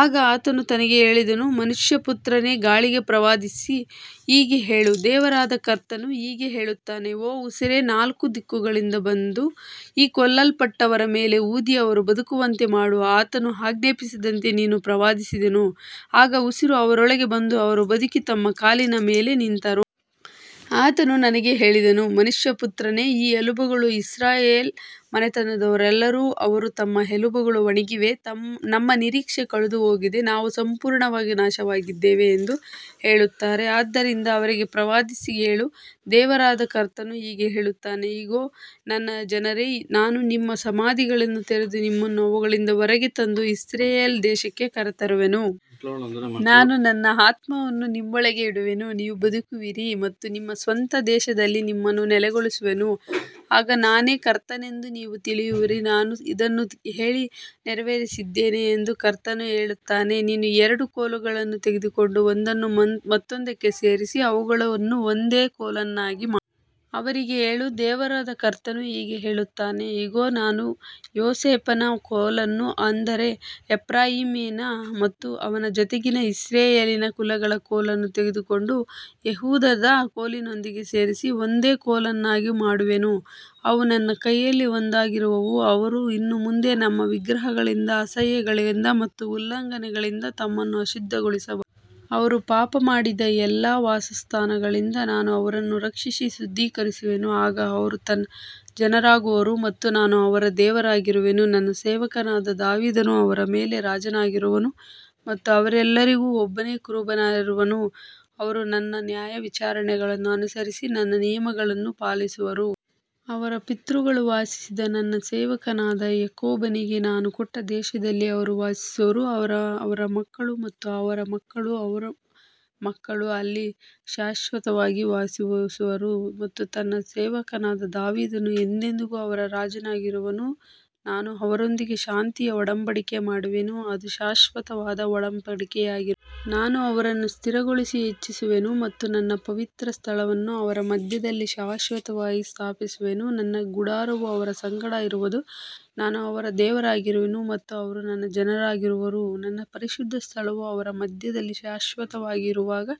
ಆಗ ಆತನು ನನಗೆ ಹೇಳಿದನು, ಮನುಷ್ಯಪುತ್ರನೇ, ಗಾಳಿಗೆ ಪ್ರವಾದಿಸಿ ಹೀಗೆ ಹೇಳು, ದೇವರಾದ ಕರ್ತನು ಹೀಗೆ ಹೇಳುತ್ತಾನೆ, ಓ ಉಸಿರೇ, ನಾಲ್ಕು ದಿಕ್ಕುಗಳಿಂದ ಬಂದು ಈ ಕೊಲ್ಲಲ್ಪಟ್ಟವರ ಮೇಲೆ ಊದಿ ಅವರು ಬದುಕುವಂತೆ ಮಾಡು. ಆತನು ಆಜ್ಞಾಪಿಸಿದಂತೆ ನಾನು ಪ್ರವಾದಿಸಿದೆನು, ಆಗ ಉಸಿರು ಅವರೊಳಗೆ ಬಂದು ಅವರು ಬದುಕಿ ತಮ್ಮ ಕಾಲಿನ ಮೇಲೆ ನಿಂತರು. ಆತನು ನನಗೆ ಹೇಳಿದನು, ಮನುಷ್ಯಪುತ್ರನೇ, ಈ ಎಲುಬುಗಳು ಇಸ್ರಾಯೇಲ್ ಮನೆತನದವರೆಲ್ಲರೂ. ಅವರು, ನಮ್ಮ ಎಲುಬುಗಳು ಒಣಗಿವೆ, ನಮ್ಮ ನಿರೀಕ್ಷೆ ಕಳೆದುಹೋಗಿದೆ, ನಾವು ಸಂಪೂರ್ಣವಾಗಿ ನಾಶವಾಗಿದ್ದೇವೆ ಎಂದು ಹೇಳುತ್ತಾರೆ. ಆದದರಿಂದ ಅವರಿಗೆ ಪ್ರವಾದಿಸಿ ಹೇಳು, ದೇವರಾದ ಕರ್ತನು ಹೀಗೆ ಹೇಳುತ್ತಾನೆ, ಇಗೋ, ನನ್ನ ಜನರೇ, ನಾನು ನಿಮ್ಮ ಸಮಾಧಿಗಳನ್ನು ತೆರೆದು ನಿಮ್ಮನ್ನು ಅವುಗಳಿಂದ ಹೊರಗೆ ತಂದು ಇಸ್ರಾಯೇಲ್ ದೇಶಕ್ಕೆ ಕರೆತರುವೆನು. ನಾನು ನನ್ನ ಆತ್ಮವನ್ನು ನಿಮ್ಮೊಳಗೆ ಇಡುವೆನು, ನೀವು ಬದುಕುವಿರಿ ಮತ್ತು ನಿಮ್ಮ ಸ್ವಂತ ದೇಶದಲ್ಲಿ ನಿಮ್ಮನ್ನು ನೆಲೆಗೊಳಿಸುವೆನು. ಆಗ ನಾನೇ ಕರ್ತನೆಂದು ನೀವು ತಿಳಿಯುವಿರಿ, ನಾನು ಇದನ್ನು ಹೇಳಿ ನೆರವೇರಿಸಿದ್ದೇನೆ ಎಂದು ಕರ್ತನು ಹೇಳುತ್ತಾನೆ. ನೀನು ಎರಡು ಕೋಲುಗಳನ್ನು ತೆಗೆದುಕೊಂಡು ಒಂದನ್ನು ಮತ್ತೊಂದಕ್ಕೆ ಸೇರಿಸಿ ಅವುಗಳನ್ನು ಒಂದೇ ಕೋಲನ್ನಾಗಿ ಮಾಡು. ಅವರಿಗೆ ಹೇಳು, ದೇವರಾದ ಕರ್ತನು ಹೀಗೆ ಹೇಳುತ್ತಾನೆ, ಇಗೋ, ನಾನು ಯೋಸೇಫನ ಕೋಲನ್ನು, ಅಂದರೆ ಎಫ್ರಾಯೀಮಿನ ಮತ್ತು ಅವನ ಜೊತೆಗಿನ ಇಸ್ರಾಯೇಲಿನ ಕುಲಗಳ ಕೋಲನ್ನು ತೆಗೆದುಕೊಂಡು, ಯೆಹೂದದ ಕೋಲಿನೊಂದಿಗೆ ಸೇರಿಸಿ ಒಂದೇ ಕೋಲನ್ನಾಗಿ ಮಾಡುವೆನು. ಅವು ನನ್ನ ಕೈಯಲ್ಲಿ ಒಂದಾಗಿರುವವು. ಅವರು ಇನ್ನು ಮುಂದೆ ತಮ್ಮ ವಿಗ್ರಹಗಳಿಂದ, ಅಸಹ್ಯಗಳಿಂದ ಮತ್ತು ಉಲ್ಲಂಘನೆಗಳಿಂದ ತಮ್ಮನ್ನು ಅಶುದ್ಧಗೊಳಿಸಬಾರದು. ಅವರು ಪಾಪಮಾಡಿದ ಎಲ್ಲಾ ವಾಸಸ್ಥಾನಗಳಿಂದ ನಾನು ಅವರನ್ನು ರಕ್ಷಿಸಿ ಶುದ್ಧೀಕರಿಸುವೆನು. ಆಗ ಅವರು ನನ್ನ ಜನರಾಗುವರು ಮತ್ತು ನಾನು ಅವರ ದೇವರಾಗಿರುವೆನು. ನನ್ನ ಸೇವಕನಾದ ದಾವೀದನು ಅವರ ಮೇಲೆ ರಾಜನಾಗಿರುವನು ಮತ್ತು ಅವರೆಲ್ಲರಿಗೂ ಒಬ್ಬನೇ ಕುರುಬನಿರುವನು. ಅವರು ನನ್ನ ನ್ಯಾಯವಿಚಾರಣೆಗಳನ್ನು ಅನುಸರಿಸಿ ನನ್ನ ನಿಯಮಗಳನ್ನು ಪಾಲಿಸುವರು. ಅವರ ಪಿತೃಗಳು ವಾಸಿಸಿದ, ನನ್ನ ಸೇವಕನಾದ ಯಾಕೋಬನಿಗೆ ನಾನು ಕೊಟ್ಟ ದೇಶದಲ್ಲಿ ಅವರು ವಾಸಿಸುವರು. ಅವರು, ಅವರ ಮಕ್ಕಳು ಮತ್ತು ಅವರ ಮಕ್ಕಳ ಮಕ್ಕಳು ಅಲ್ಲಿ ಶಾಶ್ವತವಾಗಿ ವಾಸಿಸುವರು ಮತ್ತು ನನ್ನ ಸೇವಕನಾದ ದಾವೀದನು ಎಂದೆಂದಿಗೂ ಅವರ ರಾಜನಾಗಿರುವನು. ನಾನು ಅವರೊಂದಿಗೆ ಶಾಂತಿಯ ಒಡಂಬಡಿಕೆ ಮಾಡುವೆನು, ಅದು ಶಾಶ್ವತವಾದ ಒಡಂಬಡಿಕೆಯಾಗಿರುವುದು. ನಾನು ಅವರನ್ನು ಸ್ಥಿರಗೊಳಿಸಿ ಹೆಚ್ಚಿಸುವೆನು ಮತ್ತು ನನ್ನ ಪವಿತ್ರ ಸ್ಥಳವನ್ನು ಅವರ ಮಧ್ಯದಲ್ಲಿ ಶಾಶ್ವತವಾಗಿ ಸ್ಥಾಪಿಸುವೆನು. ನನ್ನ ಗುಡಾರವು ಅವರ ಸಂಗಡ ಇರುವದು, ನಾನು ಅವರ ದೇವರಾಗಿರುವೆನು ಮತ್ತು ಅವರು ನನ್ನ ಜನರಾಗಿರುವರು. ನನ್ನ ಪರಿಶುದ್ಧ ಸ್ಥಳವು ಅವರ ಮಧ್ಯದಲ್ಲಿ ಶಾಶ್ವತವಾಗಿ ಇರುವಾಗ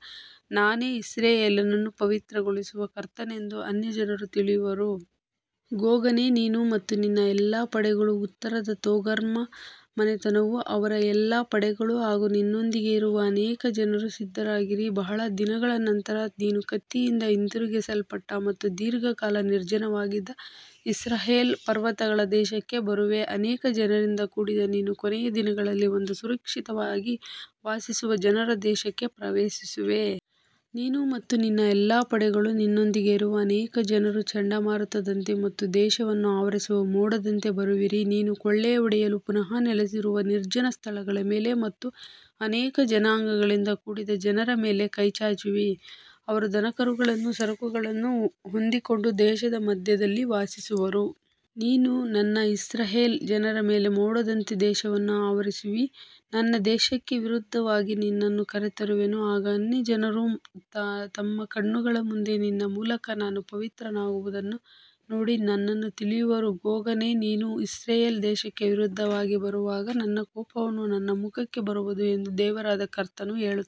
ನಾನೇ ಇಸ್ರಾಯೇಲನ್ನು ಪವಿತ್ರಗೊಳಿಸುವ ಕರ್ತನೆಂದು ಅನ್ಯಜನರು ತಿಳಿಯುವರು. ಗೋಗನೇ, ನೀನು ಮತ್ತು ನಿನ್ನ ಎಲ್ಲಾ ಪಡೆಗಳು, ಉತ್ತರದ ತೊಗರ್ಮಾ ಮನೆತನವೂ ಅವರ ಎಲ್ಲಾ ಪಡೆಗಳೂ ಹಾಗೂ ನಿನ್ನೊಂದಿಗೆ ಇರುವ ಅನೇಕ ಜನರೂ ಸಿದ್ಧರಾಗಿರಿ. ಬಹಳ ದಿನಗಳ ನಂತರ ನೀನು ಕತ್ತಿಯಿಂದ ಹಿಂದಿರುಗಿಸಲ್ಪಟ್ಟ ಮತ್ತು ದೀರ್ಘಕಾಲ ನಿರ್ಜನವಾಗಿದ್ದ ಇಸ್ರಾಯೇಲ್ ಪರ್ವತಗಳ ದೇಶಕ್ಕೆ ಬರುವಿ. ಅನೇಕ ಜನರಿಂದ ಕೂಡಿದ ನೀನು ಕೊನೆಯ ದಿನಗಳಲ್ಲಿ ಬಂದು, ಸುರಕ್ಷಿತವಾಗಿ ವಾಸಿಸುವ ಜನರ ದೇಶಕ್ಕೆ ಪ್ರವೇಶಿಸುವಿ. ನೀನು ಮತ್ತು ನಿನ್ನ ಎಲ್ಲಾ ಪಡೆಗಳು, ನಿನ್ನೊಂದಿಗೆ ಇರುವ ಅನೇಕ ಜನರು, ಚಂಡಮಾರುತದಂತೆ ಮತ್ತು ದೇಶವನ್ನು ಆವರಿಸುವ ಮೋಡದಂತೆ ಬರುವಿರಿ. ನೀನು ಕೊಳ್ಳೆಹೊಡೆಯಲು, ಪುನಃ ನೆಲೆಸಿರುವ ನಿರ್ಜನ ಸ್ಥಳಗಳ ಮೇಲೆ ಮತ್ತು ಅನೇಕ ಜನಾಂಗಗಳಿಂದ ಕೂಡಿದ ಜನರ ಮೇಲೆ ಕೈಚಾಚುವಿ. ಅವರು ದನಕರುಗಳನ್ನೂ ಸರಕುಗಳನ್ನೂ ಹೊಂದಿಕೊಂಡು ದೇಶದ ಮಧ್ಯದಲ್ಲಿ ವಾಸಿಸುವರು. ನೀನು ನನ್ನ ಇಸ್ರಾಯೇಲ್ ಜನರ ಮೇಲೆ ಮೋಡದಂತೆ ದೇಶವನ್ನು ಆವರಿಸುವಿ. ನನ್ನ ದೇಶಕ್ಕೆ ವಿರುದ್ಧವಾಗಿ ನಿನ್ನನ್ನು ಕರೆತರುವೆನು, ಆಗ ಅನ್ಯಜನರು ತಮ್ಮ ಕಣ್ಣುಗಳ ಮುಂದೆ ನಿನ್ನ ಮೂಲಕ ನಾನು ಪವಿತ್ರನಾಗುವುದನ್ನು ನೋಡಿ ನನ್ನನ್ನು ತಿಳಿಯುವರು. ಗೋಗನೇ, ನೀನು ಇಸ್ರಾಯೇಲ್ ದೇಶಕ್ಕೆ ವಿರುದ್ಧವಾಗಿ ಬರುವಾಗ ನನ್ನ ಕೋಪವು ನನ್ನ ಮುಖಕ್ಕೆ ಬರುವದು ಎಂದು ದೇವರಾದ ಕರ್ತನು ಹೇಳುತ್ತಾನೆ.